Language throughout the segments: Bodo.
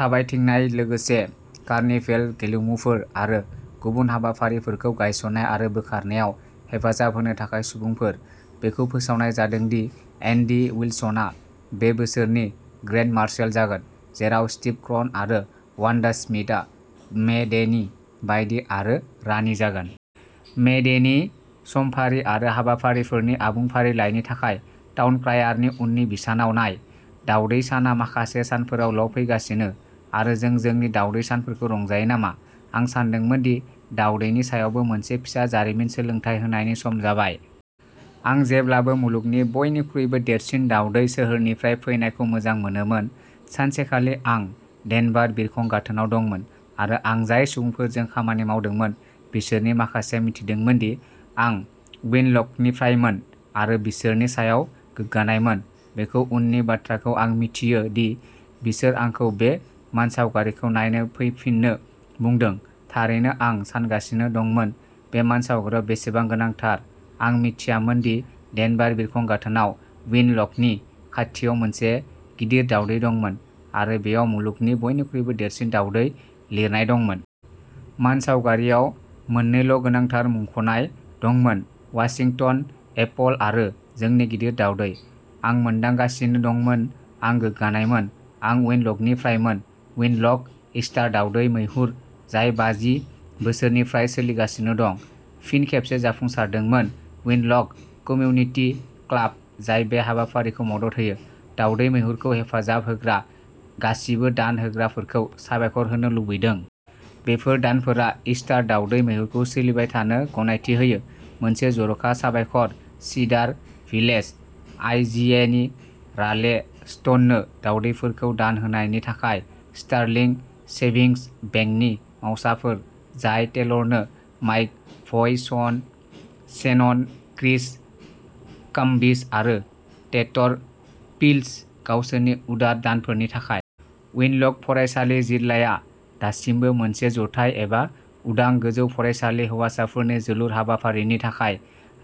थाबायथिंनाय, लोगोसे कार्निभेल गेलेमुफोर आरो गुबुन हाबाफारिफोरखौ गायसन्नाय आरो बोखारनायाव हेफाजाब होनो थाखाय सुबुंफोर। बेखौ फोसावनाय जादों दि एन्डि उइलसनआ बे बोसोरनि ग्रेन्ड मार्शाल जागोन, जेराव स्टिभ क्रन आरो वान्डा स्मिथआ मे डेनि बायदि आरो रानि जागोन। मे डेनि समफारि आरो हाबाफारिफोरनि आबुं फारिलाइनि थाखाय, टाउन क्रायारनि उननि बिसानाव नाय। दावदै सानआ माखासे दानफोरावल' फैगासिनो आरो जों जोंनि दावदै सानफोरखौ रंजायो नामा। आं सानदोंमोन दि दावदैनि सायावबो मोनसे फिसा जारिमिन सोलोंथाय होनायनि सम जाबाय। आं जेब्लाबो मुलुगनि बयनिख्रुइबो देरसिन दावदै सोहोरनिफ्राय फैनायखौ मोजां मोनोमोन। सानसेखालि आं डेनभार बिरखं गाथोनाव दंमोन आरो आं जाय सुबुंफोरजों खामानि मावदोंमोन बिसोरनि माखासेआ मिथिदोंमोन दि आं विनलकनिफ्रायमोन आरो बिसोरनि सायाव गोग्गानायमोन। बेखौ उननि बाथ्राखौ आं मिथियो दि बिसोर आंखौ बे मानसावगारिखौ नायनो फैफिननो बुंदों, थारैनो आं सानगासिनो दंमोन बे मानसावगारियाव बेसेबां गोनांथार आं मिथियामोन दि डेनभार बिरखं गाथोनाव विनलकनि खाथियाव मोनसे गिदिर दावदै दंमोन आरो बेयाव मुलुगनि बयनिख्रुइबो देरसिन दावदै लिरनाय दंमोन। मानसावगारियाव मोननैल' गोनांथार मुंख'नाय दंमोन, वाशिंटन एपल आरो जोंनि गिदिर दावदै। आं मोदानगासिनो दंमोन, आं गोग्गानायमोन, आं विनलकनिफ्रायमोन!! विनलक इस्टार दावदै मैहुर, जाय बाजि बोसोरनिफ्राय सोलिगासिनो दं, फिन खेबसे जाफुंसारदोंमोन। विनलक कमिउनिटि क्लाब, जाय बे हाबाफारिखौ मदद होयो, दावदै मैहुरखौ हेफाजाब होग्रा गासिबो दान होग्राफोरखौ साबायखर होनो लुबैदों। बेफोर दानफोरा इस्टार दावदै मैहुरखौ सोलिबाय थानो गनायथि होयो। मोनसे जर'खा साबायखर सिडार भिलेज आइजिएनि राले स्टोननो, दावदैफोरखौ दान होनायनि थाखाय, स्टर्लिंग सेभिंस बेंक नि मावसाफोर जायस टेलरनो, माइक भइ, शन शेनन, क्रिस काम्बिच आरो टेटर पिल्ज, गावसोरनि उदार दानफोरनि थाखाय। विनलक फरायसालि जिल्लाया दासिमबो मोनसे जथाय एबा उदां गोजौ फरायसालि हौवासाफोरनि जोलुर हाबाफारिनि थाखाय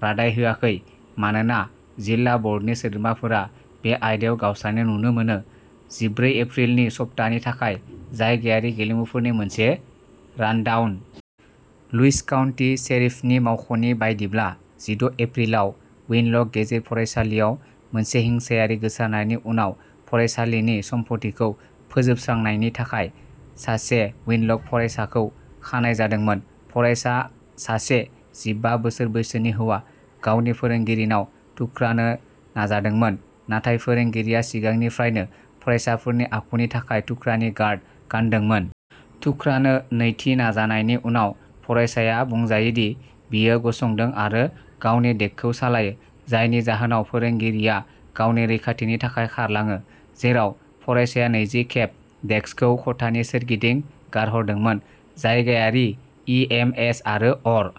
रादाय होआखै मानोना जिल्ला बर्डनि सोद्रोमाफोरा बे आयदायाव गावस्रानाय नुनो मोनो। जिब्रै एप्रिलनि सप्तानि थाखाय जायगायारि गेलेमुफोरनि मोनसे रानडाउन। लुइस काउन्टि शेरिफनि मावख'नि बायदिब्ला, जिद' एप्रिलाव विनलक गेजेर फरायसालिआव मोनसे हिंसायारि गोसारनायनि उनाव फरायसालिनि सम्फथिखौ फोजोबस्रांनायनि थाखाय सासे विनलक फरायसाखौ खानाय जादोंमोन। फरायसा, सासे जिबा बोसोर बैसोनि हौवा, गावनि फोरोंगिरिनाव थुख्रानो नाजादोंमोन, नाथाय फोरोंगिरिआ सिगांनिफ्राइनो फरायसाफोरनि आखुनि थाखाय थुख्रानि गार्ड गानदोंमोन। थुख्रानो नैथि नाजानायनि उनाव, फरायसाया बुंजायो दि बियो गसंदों आरो गावनि डेकखौ लायो, जायनि जाहोनाव फोरोंगिरिआ गावनि रैखाथिनि थाखाय खारलाङो, जेराव फरायसाया नैजि खेब डेस्कखौ खथानि सोरगिदिं गारहरदोंमोन। जायगायारि इएमएस आरो अर।